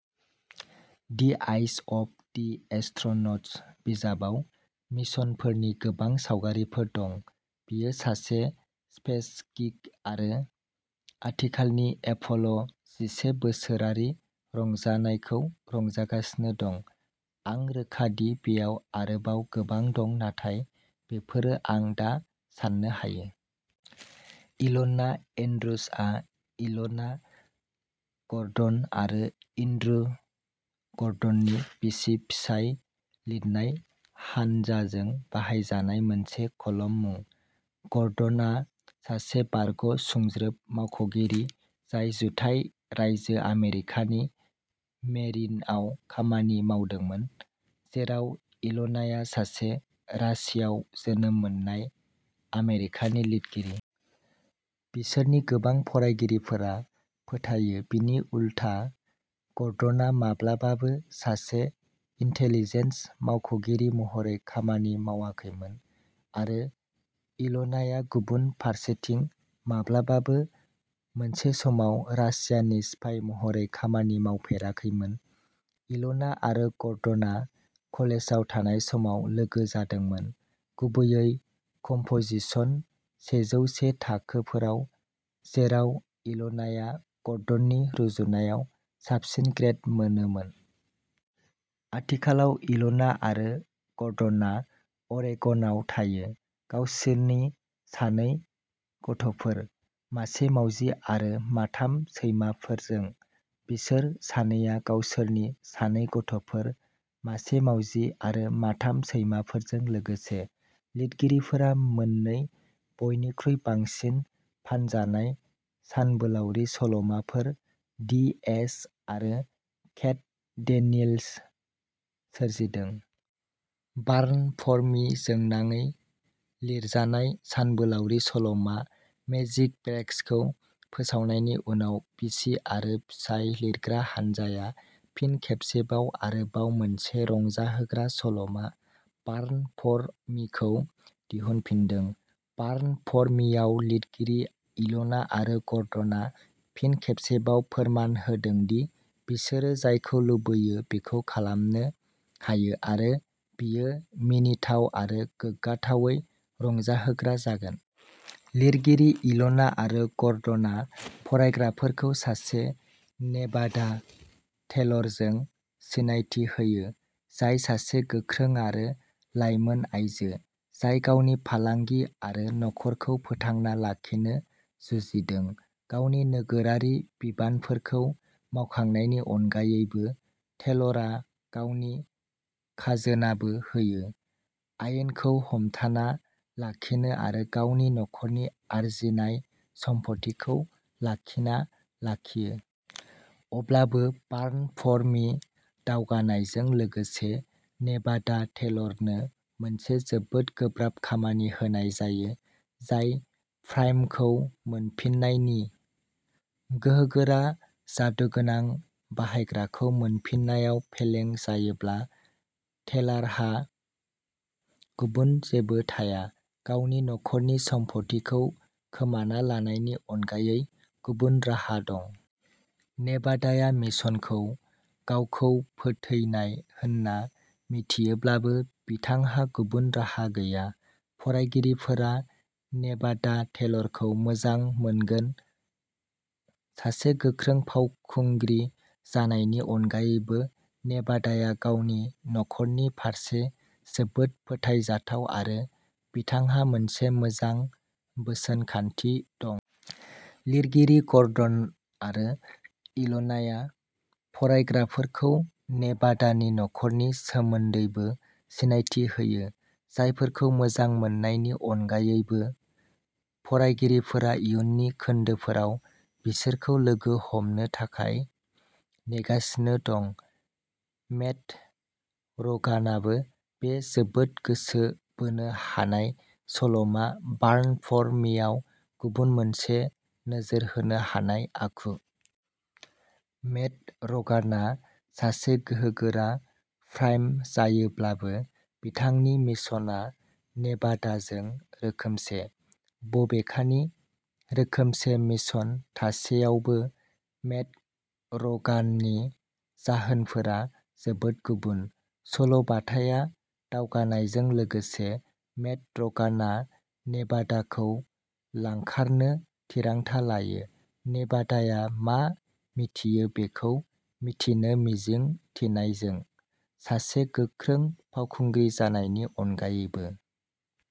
The eyes of the astronauts बिजाबाव मिशनफोरनि गोबां सावगारिफोर दं। बियो सासे स्पेस गीक आरो आथिखालनि एप'ल' जिसे बोसोरारि रंजानायखौ रंजागासिनो दं। आं रोखा दि बेयाव आरोबाव गोबां दं, नाथाय बेफोरो आं दा साननो हायो। इल'ना एन्ड्रुजआ इल'ना गर्डन आरो एन्ड्रु गर्डननि बिसि-फिसाय लिरनाय हानजाजों बाहायजानाय मोनसे कलम मुं। गर्डनआ सासे बारग'सुंज्रोब मावख'गिरि जाय जुथाइ रायजो आमेरिकानि मेरिनआव खामानि मावदोंमोन, जेराव इल'नाया सासे रासियाव जोनोम मोननाय, आमेरिकानि लिरगिरि। बिसोरनि गोबां फरायगिरिफोरा फोथायो बिनि उलथा, गर्डनआ माब्लाबाबो सासे इन्टेलिजेन्स मावख'गिरि महरै खामानि मावाखैमोन आरो इल'नाया, गुबुन फारसेथिं, माब्लाबाबो मोनसे समाव रासियानि स्पाइ महरै खामानि मावफेराखैमोन। इल'ना आरो गर्डनआ कलेजाव थानाय समाव लोगो जादोंमोन, गुबैयै कम्प'जिशन सेजौ से थाखोफोराव, जेराव इल'नाया गर्डननि रुजुनायाव साबसिन ग्रेड मोनोमोन। आथिखालाव, इल'ना आरो गर्डनआ अरेगनआव थायो, गावसोरनि सानै गथ'फोर, मासे मावजि आरो माथाम सैमाफोरजों बिसोर सानैया गावसोरनि सानै गथ'फोर, मासे मावजि आरो माथाम सैमाफोरजों लोगोसे। लिरगिरिफोरा मोननै बयनिख्रुइ बांसिन फानजानाय सानबोलावरि सल'माफोर, दि एज आरो केट डेनियल्स सोरजिदों। बार्न फर मि जोंनाङै लिरजानाय सानबोलावरि सल'मा, मेजिक ब्रेक्सखौ फोसावनायनि उनाव, बिसि आरो फिसाय लिरग्रा हानजाया फिन खेबसेबाव आरोबाव मोनसे रंजाहोग्रा सल'मा, बार्न फर मिखौ दिहुनफिनदों। बार्न फर मिआव, लिरगिरि इल'ना आरो गर्डना फिन खेबसेबाव फोरमान होदों दि बिसोरो जायखौ लुबैयो बेखौ खालामनो हायो, आरो बेयो मिनिथाव आरो गोग्गाथावै रंजाहोग्रा जागोन। लिरगिरि इल'ना आरो गर्डना फरायग्राफोरखौ सासे नेभाडा टेलरजों सिनायथि होयो, जाय सासे गोख्रों आरो लाइमोन आइजो, जाय गावनि फालांगि आरो नखरखौ फोथांना लाखिनो जुजिदों। गावनि नोगोरारि बिबानफोरखौ मावखांनायनि अनगायैबो, टेलरा गावनि खाजोनाबो होयो, आयेनखौ हमथाना लाखियो आरो गावनि नखरनि आरजिनाय सम्फथिखौ लाखिना लाखियो। अब्लाबो, बार्न फर मि दावगानायजों लोगोसे, नेभाडा टेलरनो मोनसे जोबोद गोब्राब खामानि होनाय जायो, जाय प्राइमखौ मोनफिन्नायनि। गोहोगोरा जादुगोनां बाहायग्राखौ मोनफिन्नायाव फेलें जायोब्ला, टेलारहा गुबुन जेबो थाया। गावनि नखरनि सम्फथिखौ खोमाना लानायनि अनगायै गुबुन राहा दं। नेभादाया मिशनखौ गावखौ फोथैनाय होन्ना मिथियोब्लाबो, बिथांहा गुबुन राहा गैया। फरायगिरिफोरा नेभादा टेलरखौ मोजां मोनगोन। सासे गोख्रों फावखुंग्रि जानायनि अनगायैबो, नेभादाया गावनि नखरनि फारसे जोबोद फोथायजाथाव आरो बिथांहा मोनसे मोजां बोसोन खान्थि दं। लिरगिरिनि ग'र्डन आरो इल'नाया फरायग्राफोरखौ नेभादानि नखरनि सोमोन्दैबो सिनायथि होयो, जायफोरखौ मोजां मोननायनि अनगायैबो, फरायगिरिफोरा इयुननि खोन्दोफोराव बिसोरखौ लोगो हमनो थाखाय नेगासिनो दं। मेड र'गानाबो बे जोबोद गोसो बोनो हानाय सल'मा, बार्न फर मिआव गुबुन मोनसे नोजोर होनो हानाय आखु। मेड र'गानआ सासे गोहोगोरा प्राइम जायोब्लाबो, बिथांनि मिशनआ नेभादाजों रोखोमसे। बबेखानि, रोखोमसे मिशन थासेयावबो, मेड र'गाननि जाहोनफोरा जोबोद गुबुन। सल'बाथाया दावगानायजों लोगोसे, मेड र'गानआ नेभादाखौ लांखारनो थिरांथा लायो, नेभादाया मा मिथियो बेखौ मिथिनो मिजिं थिनायजों। सासे गोख्रों फावखुंग्रि जानायनि अनगायैबो।